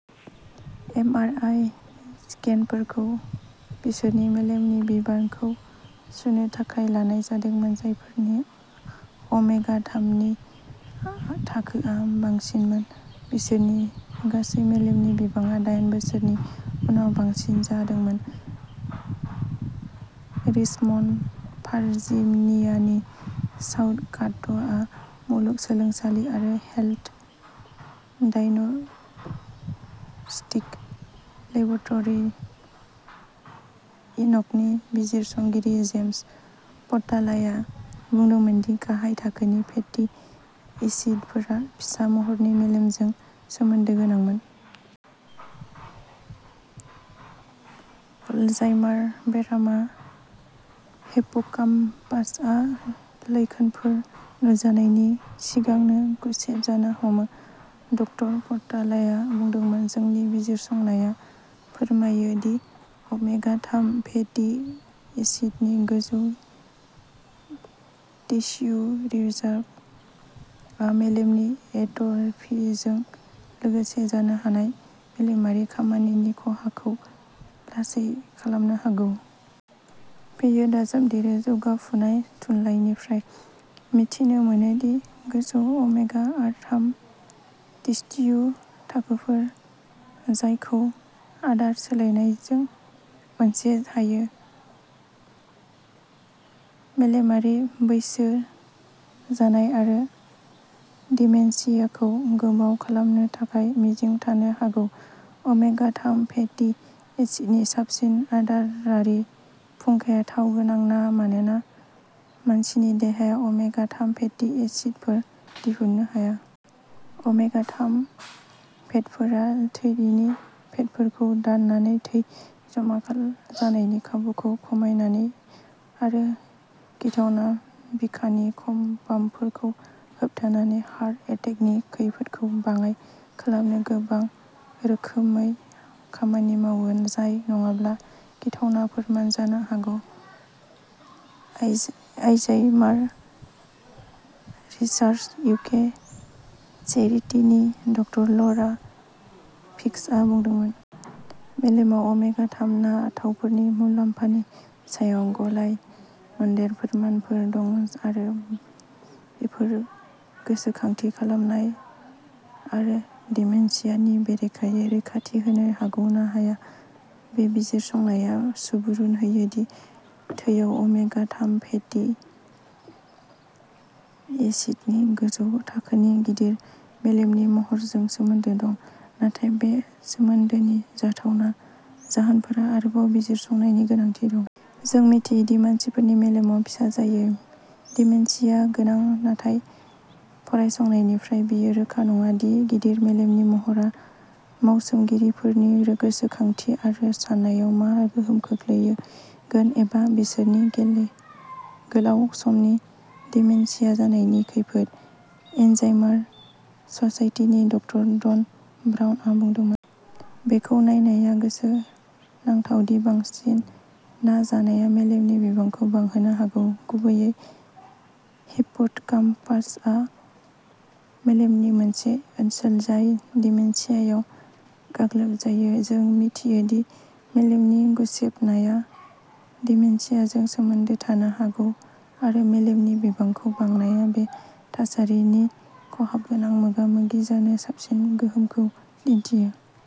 M. R. I. स्केनफोरखौ बिसोरनि मेलेमनि बिबांखौ सुनो थाखाय लानाय जादोंमोन। जायफोरनि ओमेगा-थामनि थाखोआ बांसिनमोन। बिसोरनि गासै मेलेमनि बिबांआ दाइन बोसोरनि उनाव बांसिन जादोंमोन। रिचमन्ड भारजिनियानि साउथ खाथ'आ मुलुगसोलोंसालि आरो हेल्थ डायग्नोस्टिक लेब'रट'रि इनकनि बिजिरसंगिरि जेम्स पटालाया बुंदोंमोन दि गाहाय थाखोनि फेटि एसिडफोरा फिसा महरनि मेलेमजों सोमोन्दो गोनांमोन। अलजाइमार बेरामा हिप्पोकामपासआ लैखोनफोर नुजानायनि सिगांनो गुसेब जानो हमो। डक्टर पटालाया बुंदोंमोन। जोंनि बिजिरसंनाया फोरमायो दि ओमेगा-थाम फेटि एसिडनि गोजौ टिस्यु रिजारभआ मेलेमनि एट'फिजों लोगोसे जानो हानाय मेलेमारि खामानिनि खहाखौ लासै खालामनो हागौ। बेयो दाजाबदेरो जौगाफुनाय थुनलाइनिफ्राय मिथिनो मोनो दि गोजौ ओमेगा-थाम टिस्थ्यु थाखोफोर जायखौ आदार सोलायनायजों मोनसे थायो। मेलेमारि बैसो जानाय आरो डिमेनशियाखौ गोबाव खालामनो थाखाय मिजिं थानो हागौ। ओमेगा-थाम फेटि एसिडनि साबसिन आदारारि फुंखाया थाव गोनां ना मानोना मानसिनि देहाया ओमेगा-थाम फेटि एसिडफोर दिहुननो हाया। ओमेगा-थाम फेटफोरा थैनायनि फेटफोरखौ दाननानै थै जमा खाम जानायनि खाबुखौ खमायनानै आरो गिथावना बिखानि खमबामफोरखौ होबथानानै हार्ट एटेकनि खैफोदखौ बाङाइ खालामनो गोबां रोखोमै खामानि मावो। जाय नङाब्ला गिथावना फोरमान जानो हागौ। अलजाइमार रिसार्च इउके चेरिटिनि डक्टर ल'रा फिख्सआ बुंदोंमोन। मेलेमाव ओमेगा-थाम ना थावफोरनि मुलाम्फानि सायाव गलाय मोनदेर फोरमानफोर दं आरो बेफोर गोसोखांथि खालामनाय आरो डिमेनशियानि बेरेखायै रैखाथि होनो हागौ ना हाया। बे बिजिरसंनाया सुबुरुन होयो दि थैयाव ओमेगा-थाम फेटि एसिडनि गोजौ थाखोआ गिदिर मेलेमनि महरजों सोमोन्दो दं नाथाय बे सोमोन्दोनि जाथावना जाहोनफोरा आरोबाव बिजिरसंनायनि गोनांथि दं। जों मिथियो दि मानसिफोरनि मेलेमआ फिसा जायो। डिमेनशिया गोनां नाथाय फरायसंनायनिफ्राय बेयो रोखा नङा दि गिदिर मेलेमनि महरा मावसोमगिरिफोरनि गोसोखांथि आरो साननायाव मा गोहोम खोख्लैयोगोन एबा बिसोरनि गेमे गोलाव समनि डिमेनशिया जानायनि खैफोद। एलजाइमार ससाइटिनि डक्टर डग ब्रन ब्राउनआ बुंदोंमोन। बेखौ नायनाया गोसोनांथाव दि बांसिन ना जानाया मेलेमनि बिबांखौ बांहोनो हागौ। गुबैयै हिप्पोकाम्पासआव मेलेमनि मोनसे ओनसोल जाय डिमेनशियायाव गाग्लोबजायो। जाय मिथियो दि मेलेमनि गुसेबनाया डिमेनशियाजों सोमोन्दो थानो हागौ आरो मेलेमनि बिबांखौ बांनाया बे थासारिनि खहाफोरजों मोगा-मोगि जानो साबसिन गोहोखौ दिन्थियो।